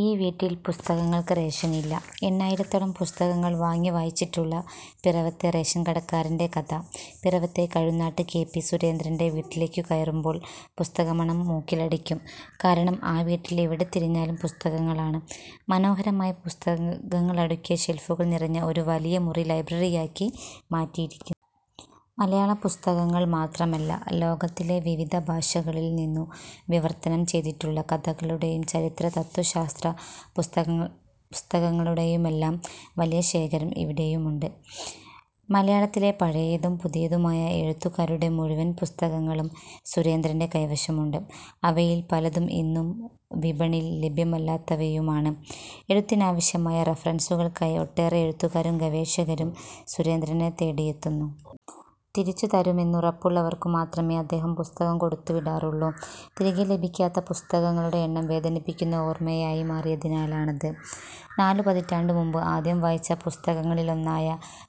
ഈ വീട്ടിൽ പുസ്തകങ്ങൾക്ക് റേഷനില്ല! എണ്ണായിരത്തോളം പുസ്തകങ്ങൾ വാങ്ങി വായിച്ചിട്ടുള്ള പിറവത്തെ റേഷൻകടക്കാരന്റെ കഥ പിറവത്തെ കഴുന്നാട്ട് കെ. പി. സുരേന്ദ്രന്റെ വീട്ടിലേക്കു കയറുമ്പോൾ പുസ്തകമണം മൂക്കിലടിക്കും. കാരണം ആ വീട്ടിൽ എവിടെത്തിരിഞ്ഞാലും പുസ്തകങ്ങളാണ്. മനോഹരമായി പുസ്തകങ്ങളടുക്കിയ ഷെൽഫുകൾ നിറഞ്ഞ ഒരു വലിയ മുറി ലൈബ്രറിയാക്കി മാറ്റിയിരിക്കുന്നു. മലയാള പുസ്തകങ്ങൾ മാത്രമല്ല, ലോകത്തിലെ വിവിധ ഭാഷകളിൽ നിന്നു വിവർത്തനം ചെയ്തിട്ടുള്ള കഥകളുടെയും ചരിത്ര, തത്വശാസ്ത്ര പുസ്തകങ്ങളുടെയുമെല്ലാം വലിയ ശേഖരം ഇവിടെയുണ്ട്. മലയാളത്തിലെ പഴയതും പുതിയതുമായ എഴുത്തുകാരുടെ മുഴുവൻ പുസ്തകങ്ങളും സുരേന്ദ്രന്റെ കൈവശമുണ്ട്. അവയിൽ പലതും ഇന്നു വിപണിയിൽ ലഭ്യമല്ലാത്തവയുമാണ്. എഴുത്തിനാവശ്യമായ റഫറൻസുകൾക്കായി ഒട്ടേറെ എഴുത്തുകാരും ഗവേഷകരും സുരേന്ദ്രനെ തേടിയെത്തുന്നു. തിരിച്ചുതരുമെന്നുറപ്പുള്ളവർക്കു മാത്രമേ അദ്ദേഹം പുസ്തകം കൊടുത്തുവിടാറുള്ളൂ. തിരികെ ലഭിക്കാത്ത പുസ്തകങ്ങളുടെ എണ്ണം വേദനിപ്പിക്കുന്ന ഓർമയായി മാറിയതിനാലാണത്. നാലു പതിറ്റാണ്ടു മുൻപ് ആദ്യം വായിച്ച പുസ്തകങ്ങളിലൊന്നായ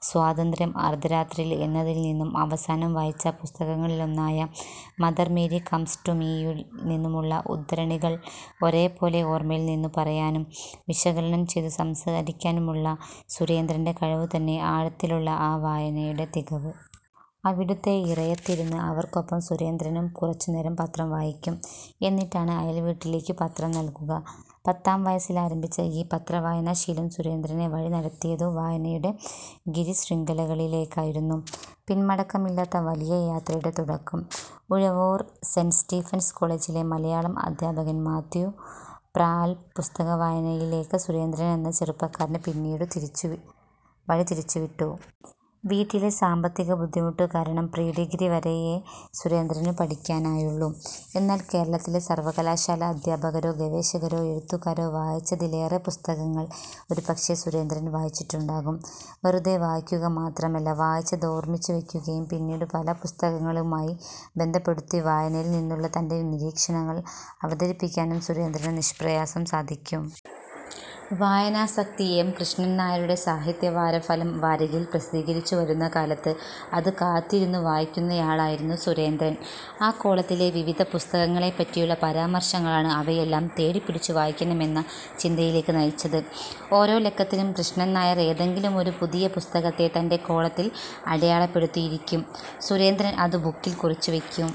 സ്വാതന്ത്ര്യം അർധരാത്രിയിൽ എന്നതിൽ നിന്നും അവസാനം വായിച്ച പുസ്തകങ്ങളിലൊന്നായ മദർ മേരി കംസ് ടു മീയിൽ നിന്നുമുള്ള ഉദ്ധരണികൾ ഒരേപോലെ ഓർമയിൽ നിന്നു പറയാനും വിശകലനം ചെയ്തു സംസാരിക്കാനുമുള്ള സുരേന്ദ്രന്റെ കഴിവു തന്നെ ആഴത്തിലുള്ള ആ വായനയുടെ തികവ്. അവിടുത്തെ ഇറയത്തിരുന്ന് അവർക്കൊപ്പം സുരേന്ദ്രനും കുറച്ചുനേരം പത്രം വായിക്കും. എന്നിട്ടാണ് അയൽവീട്ടിലേക്കു പത്രം നൽകുക. പത്താം വയസ്സിലാരംഭിച്ച ഈ പത്രവായനാ ശീലം സുരേന്ദ്രനെ വഴിനടത്തിയതു വായനയുടെ ഗിരിശൃംഗങ്ങളിലേക്കായിരുന്നു, പിൻമടക്കമില്ലാത്ത വലിയ യാത്രയുടെ തുടക്കം. ഉഴവൂർ സെന്റ് സ്റ്റീഫൻസ് കോളജിലെ മലയാളം അധ്യാപകൻ മാത്യു പ്രാൽ പുസ്തകവായനയിലേക്ക് സുരേന്ദ്രനെന്ന ചെറുപ്പക്കാരനെ പിന്നീടു വഴിതിരിച്ചുവിട്ടു. വീട്ടിലെ സാമ്പത്തികബുദ്ധിമുട്ടു കാരണം പ്രീഡിഗ്രി വരെയേ സുരേന്ദ്രനു പഠിക്കാനായുള്ളൂ. എന്നാൽ കേരളത്തിലെ സർവകലാശാലാ അധ്യാപകരോ ഗവേഷകരോ എഴുത്തുകാരോ വായിച്ചതിലേറെ പുസ്തകങ്ങൾ ഒരുപക്ഷേ, സുരേന്ദ്രൻ വായിച്ചിട്ടുണ്ടാകും. വെറുതേ വായിക്കുക മാത്രമല്ല, വായിച്ചതോർമിച്ചു വയ്ക്കുകയും പിന്നീടു പല പുസ്തകങ്ങളുമായി ബന്ധപ്പെടുത്തി വായനയിൽ നിന്നുള്ള തന്റെ നിരീക്ഷണങ്ങൾ അവതരിപ്പിക്കാനും സുരേന്ദ്രന് നിഷ്പ്രയാസം സാധിക്കും. വായനാസക്തി എം. കൃഷ്ണൻനായരുടെ സാഹിത്യവാരഫലം വാരികയിൽ പ്രസിദ്ധീകരിച്ചു വരുന്നകാലത്ത് അതു കാത്തിരുന്നു വായിക്കുന്നയാളായിരുന്നു സുരേന്ദ്രൻ. ആ കോളത്തിലെ വിവിധ പുസ്തകങ്ങളെപ്പറ്റിയുള്ള പരാമർശങ്ങളാണ് അവയെല്ലാം തേടിപ്പിടിച്ചു വായിക്കണമെന്ന ചിന്തയിലേക്ക് നയിച്ചത്. ഓരോ ലക്കത്തിലും കൃഷ്ണൻനായർ ഏതെങ്കിലുമൊരു പുതിയ പുസ്തകത്തെ തന്റെ കോളത്തിൽ അടയാളപ്പെടുത്തിയിരിക്കും. സുരേന്ദ്രൻ അതു ബുക്കിൽ കുറിച്ചു വയ്ക്കും.